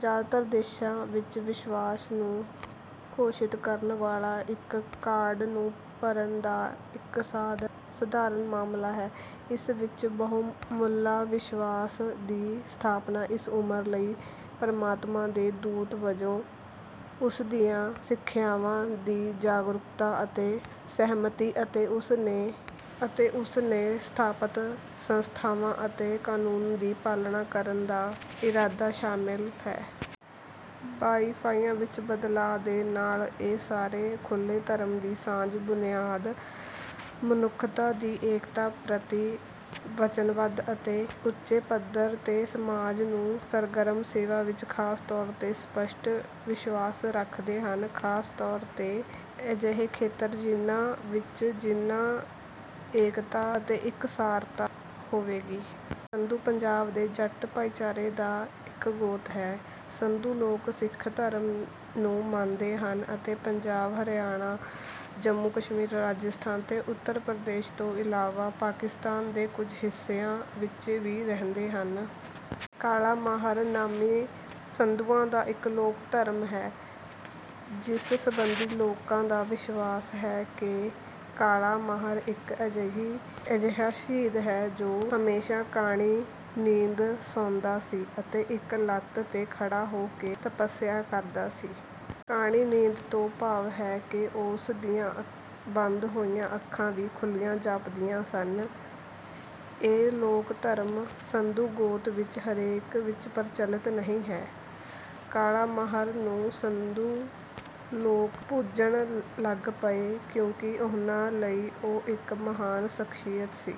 ਜ਼ਿਆਦਾਤਰ ਦੇਸ਼ਾਂ ਵਿੱਚ ਵਿਸ਼ਵਾਸ ਨੂੰ ਘੋਸ਼ਿਤ ਕਰਨ ਵਾਲੇ ਇੱਕ ਕਾਰਡ ਨੂੰ ਭਰਨ ਦਾ ਇੱਕ ਸਧਾਰਨ ਮਾਮਲਾ ਹੈ। ਇਸ ਵਿੱਚ ਬਾਹਮੁੱਲਾ ਵਿਸ਼ਵਾਸ ਦੀ ਸਥਾਪਨਾ ਇਸ ਉਮਰ ਲਈ ਪਰਮਾਤਮਾ ਦੇ ਦੂਤ ਵਜੋਂ, ਉਸ ਦੀਆਂ ਸਿਖਿਆਵਾਂ ਦੀ ਜਾਗਰੂਕਤਾ ਅਤੇ ਸਹਿਮਤੀ, ਅਤੇ ਉਸ ਨੇ ਸਥਾਪਿਤ ਸੰਸਥਾਵਾਂ ਅਤੇ ਕਾਨੂੰਨਾਂ ਦੀ ਪਾਲਣਾ ਕਰਨ ਦਾ ਇਰਾਦਾ ਸ਼ਾਮਲ ਹੈ। ਬਹਾਇਫਾਈਆ ਵਿਚ ਬਦਲਾਅ ਦੇ ਨਾਲ ਇਹ ਸਾਰੇ ਖੁੱਲੇ ਧਰਮ ਦੀ ਸਾਂਝੀ ਬੁਨਿਆਦ, ਮਨੁੱਖਤਾ ਦੀ ਏਕਤਾ ਪ੍ਰਤੀ ਵਚਨਬੱਧਤਾ ਅਤੇ ਵੱਡੇ ਪੱਧਰ ਤੇ ਸਮਾਜ ਨੂੰ ਸਰਗਰਮ ਸੇਵਾ ਵਿਚ ਖ਼ਾਸ ਤੌਰ 'ਤੇ ਸਪੱਸ਼ਟ ਵਿਸ਼ਵਾਸ ਰੱਖਦੇ ਹਨ, ਖਾਸ ਤੌਰ' ਤੇ ਅਜਿਹੇ ਖੇਤਰਾਂ ਵਿਚ ਜਿਨ੍ਹਾਂ ਵਿਚ ਏਕਤਾ ਅਤੇ ਇਕਸੁਰਤਾ ਪੈਦਾ ਹੋਵੇਗੀ। ਸੰਧੂ ਪੰਜਾਬ ਦੇ ਜੱਟ ਭਾਈਚਾਰੇ ਦਾ ਇਕ ਗੋਤ ਹੈ। ਸੰਧੂ ਲੋਕ ਸਿੱਖ ਧਰਮ ਨੂੰ ਮੰਨਦੇ ਹਨ ਅਤੇ ਪੰਜਾਬ, ਹਰਿਆਣਾ, ਜੰਮੂ-ਕਸ਼ਮੀਰ, ਰਾਜਸਥਾਨ ਅਤੇ ਉੱਤਰ ਪ੍ਰਦੇਸ਼ ਤੋਂ ਇਲਾਵਾ ਪਾਕਿਸਤਾਨ ਦੇ ਕੁਝ ਹਿੱਸਿਆਂ ਵਿੱਚ ਵੀ ਰਹਿੰਦੇ ਹਨ। ਕਾਲਾ ਮਹਿਰ ਨਾਮੀ ਸੰਧੂਆਂ ਦਾ ਇੱਕ ਲੋਕ ਧਰਮ ਹੈ ਜਿਸ ਸਬੰਧੀ ਲੋਕਾਂ ਦਾ ਵਿਸ਼ਵਾਸ ਹੈ ਕਿ ਕਾਲਾ ਮਹਿਰ ਇੱਕ ਅਜਿਹਾ ਸ਼ਹੀਦ ਹੈ ਜੋ ਹਮੇਸ਼ਾ ਕਾਣੀ ਨੀਂਦ ਸੌਂਦਾ ਸੀ ਅਤੇ ਇੱਕ ਲੱਤ ਤੇ ਖੜ੍ਹ ਕੇ ਤੱਪਸਿਆ ਕਰਦਾ ਸੀ। ਕਾਣੀ ਨੀਂਦ ਤੋਂ ਭਾਵ ਹੈ ਕਿ ਉਸ ਦੀਆਂ ਬੰਦ ਹੋਈਆਂ ਅੱਖਾਂ ਵੀ ਖੁੱਲੀਆਂ ਜਾਪਦੀਆਂ ਸਨ। ਇਹ ਲੋਕ ਧਰਮ ਸੰਧੂ ਗੋਤ ਵਿੱਚ ਹਰੇਕ ਵਿੱਚ ਪ੍ਰਚਲਿਤ ਨਹੀਂ ਹੈ। ਕਾਲਾ ਮਹਿਰ ਨੂੰ ਸੰਧੂ ਲੋਕ ਪੁਜਣ ਲੱਗ ਪਏ ਕਿਉਂਕਿ ਉਨ੍ਹਾਂ ਲਈ ਉਹ ਇੱਕ ਮਹਾਨ ਸਖਸ਼ੀਅਤ ਸੀ।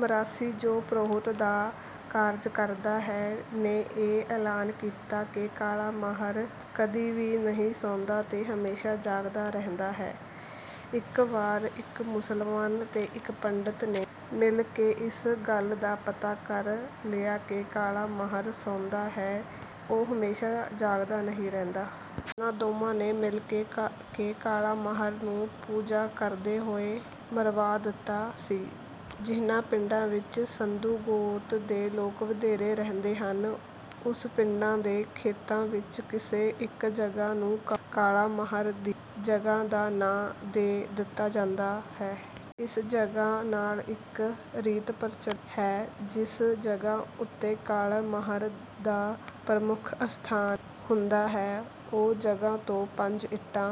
ਮਰਾਸੀ, ਜੋ ਪ੍ਰੋਹਿਤ ਦਾ ਕਾਰਜ ਕਰਦਾ ਹੈ, ਨੇ ਇਹ ਐਲਾਨ ਕੀਤਾ ਕਿ ਕਾਲਾ ਮਹਿਰ ਕਦੀ ਵੀ ਨਹੀਂ ਸੌਂਦਾ ਤੇ ਹਮੇਸ਼ਾ ਜਾਗਦਾ ਰਹਿੰਦਾ ਹੈ। ਇੱਕ ਵਾਰ ਇੱਕ ਮੁਸਲਮਾਨ ਅਤੇ ਇੱਕ ਪੰਡਿਤ ਨੇ ਮਿਲ ਕੇ ਇਸ ਗੱਲ ਦਾ ਪਤਾ ਕਰ ਲਿਆ ਕਿ "ਕਾਲਾ ਮਹਿਰ" ਸੌਂਦਾ ਹੈ ਉਹ ਹਮੇਸ਼ਾ ਜਾਗਦਾ ਨਹੀਂ ਰਹਿੰਦਾ। ਉਹਨਾਂ ਦੋਹਾਂ ਨੇ ਮਿਲ ਕੇ ਕਾਲਾ ਮਹਿਰ ਨੂੰ ਪੂਜਾ ਕਰਦੇ ਹੋਏ ਮਰਵਾ ਦਿੱਤਾ ਸੀ। ਜਿਨ੍ਹਾਂ ਪਿੰਡਾਂ ਵਿੱਚ ਸੰਧੂ ਗੋਤ ਦੇ ਲੋਕ ਵਧੇਰੇ ਰਹਿੰਦੇ ਹਨ ਉਸ ਪਿੰਡ ਦੇ ਖੇਤਾਂ ਵਿੱਚ ਕਿਸੇ ਇੱਕ ਜਗ੍ਹਾਂ ਨੂੰ "ਕਾਲਾ ਮਹਿਰ" ਦੀ ਜਗ੍ਹਾਂ ਦਾ ਨਾਮ ਦੇ ਦਿੱਤਾ ਜਾਂਦਾ ਹੈ। ਇਸ ਜਗ੍ਹਾਂ ਨਾਲ ਇੱਕ ਰੀਤ ਪ੍ਰਚਲਿਤ ਹੈ ਕਿ ਜਿਸ ਜਗ੍ਹਾਂ ਉੱਪਰ ਕਾਲੇ ਮਹਿਰ ਦਾ ਪ੍ਰਮੁੱਖ ਸਥਾਨ ਹੁੰਦਾ ਹੈ ਉਸ ਜਗ੍ਹਾਂ ਤੋਂ ਪੰਜ ਇੱਟਾਂ